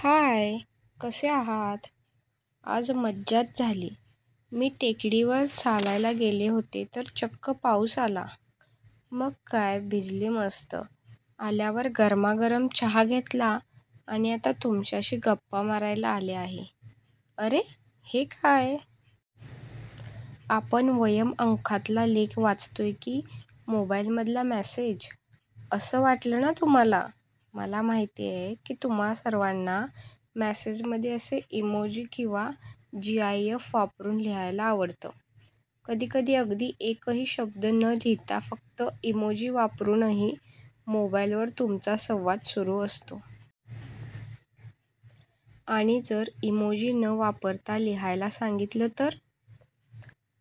हाय! कसे आहात? आज मज्जाच झाली. मी टेकडीवर चालायला गेले होते तर चक्क पाऊस आला. मग काय भिजले मस्त. आल्यावर गरमागरम चहा घेतला आणि आता तुमच्याशी गप्पा मारायला आले आहे. अरे हे काय? आपण वयम् अंकातला लेख वाचतोय की मोबाइलमधला मेसेज! असं वाटलं ना तुम्हांला? मला माहितेय की तुम्हा सर्वांना मेसेजमध्ये असे इमोजी किंवा जीआयएफ वापरून लिहायला आवडतं. कधीकधी अगदी एकही शब्द न लिहिता फक्त इमोजी वापरूनही मोबाइलवर तुमचा संवाद सुरू असतो. आणि जर इमोजी न वापरता लिहायला सांगितलं तर?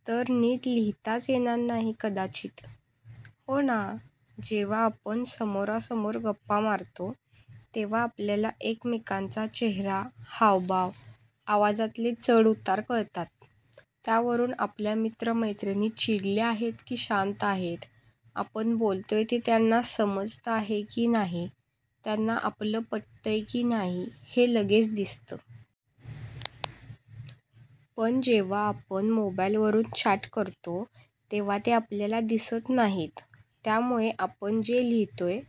तर नीट लिहिताच येणार नाही कदाचित! हो ना? जेव्हा आपण समोरासमोर गप्पा मारतो तेव्हा आपल्याला एकमेकांचा चेहरा, हावभाव, आवाजातले चढउतार कळतात. त्यावरून आपल्या मित्रमैत्रिणी चिडल्या आहेत की शांत आहेत, आपण बोलतोय ते त्यांना समजतं आहे की नाही, त्यांना आपलं पटतंय की नाही हे लगेच दिसतं. पण जेव्हा आपण मोबाइलवरून चॅट करतो, तेव्हा ते आपल्याला दिसत नाहीत. त्यामुळे आपण जे लिहितोय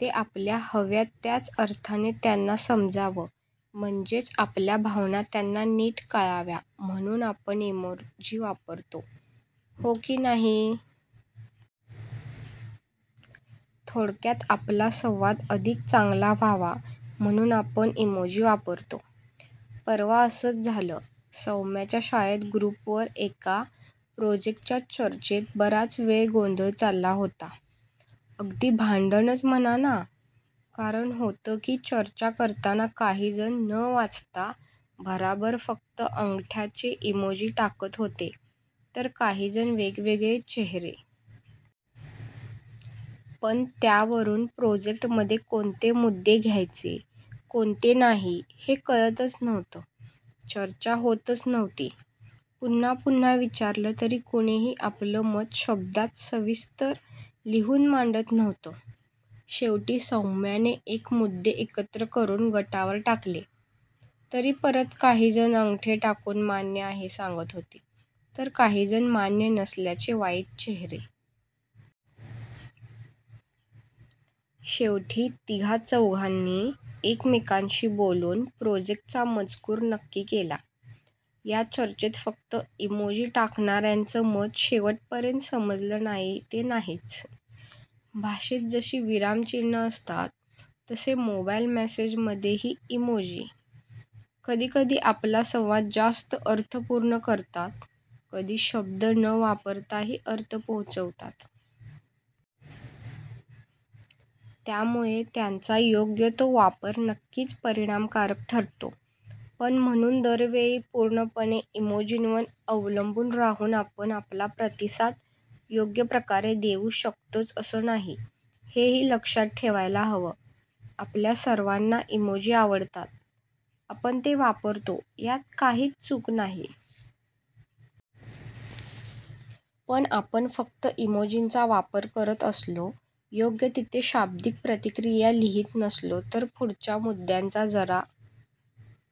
ते आपल्याला हव्या त्याच अर्थाने त्यांना समजावं म्हणजेच आपल्या भावना त्यांना नीट कळाव्या म्हणून आपण इमोजी वापरतो, हो की नाही? थोडक्यात आपला संवाद अधिक चांगला व्हावा म्हणून आपण इमोजी वापरतो. परवा असंच झालं, सौम्याच्या शाळेच्या ग्रुपवर एका प्रोजेक्टच्या चर्चेत बराच वेळ गोंधळ चालला होता. अगदी भांडणंच म्हणा ना! कारण होतं की चर्चा करताना काहीजण न वाचता भराभर फक्त अंगठ्याचे इमोजी टाकत होते, तर काहीजण वेगवेगळे चेहरे! पण त्यावरून प्रोजेक्टमध्ये कोणते मुद्दे घ्यायचे, कोणते नाही, हे कळतंच नव्हतं. चर्चा होतच नव्हती. पुन्हा पुन्हा विचारलं तरी कुणीही आपलं मत शब्दांत सविस्तर लिहून मांडत नव्हतं. शेवटी सौम्याने सर्व मुद्दे एकत्र करून गटावर टाकले, तरी परत काहीजण अंगठे टाकून मान्य आहे सांगत होते, तर काहीजण मान्य नसल्याचे वाईट चेहरे. शेवटी तिघा-चौघांनी एकमेकांशी बोलून प्रोजेक्टचा मजकूर नक्की केला. या चर्चेत फक्त इमोजी टाकणाऱ्यांचं मत शेवटपर्यंत समजलं नाही ते नाहीच. भाषेत जशी विरामचिन्हं असतात, तसे मोबाइल मेसेजमधले हे इमोजी. कधीकधी आपला संवाद जास्त अर्थपूर्ण करतात, कधी शब्द न वापरताही अर्थ पोहोचवतात. त्यामुळे त्यांचा योग्य तो वापर नक्कीच परिणामकारक ठरतो, पण म्हणून दरवेळी पूर्णपणे इमोजींवर अवलंबून राहून आपण आपला प्रतिसाद योग्यप्रकारे देऊ शकतोच असं नाही, हेही लक्षात ठेवायला हवं. आपल्याला सर्वांना इमोजी आवडतात. आपण ते वापरतो, यात काहीच चूक नाही. पण आपण फक्त इमोजींचा वापर करत असलो, योग्य तिथे शाब्दिक प्रतिक्रिया लिहित नसलो, तर पुढच्या मुद्द्यांचा जरा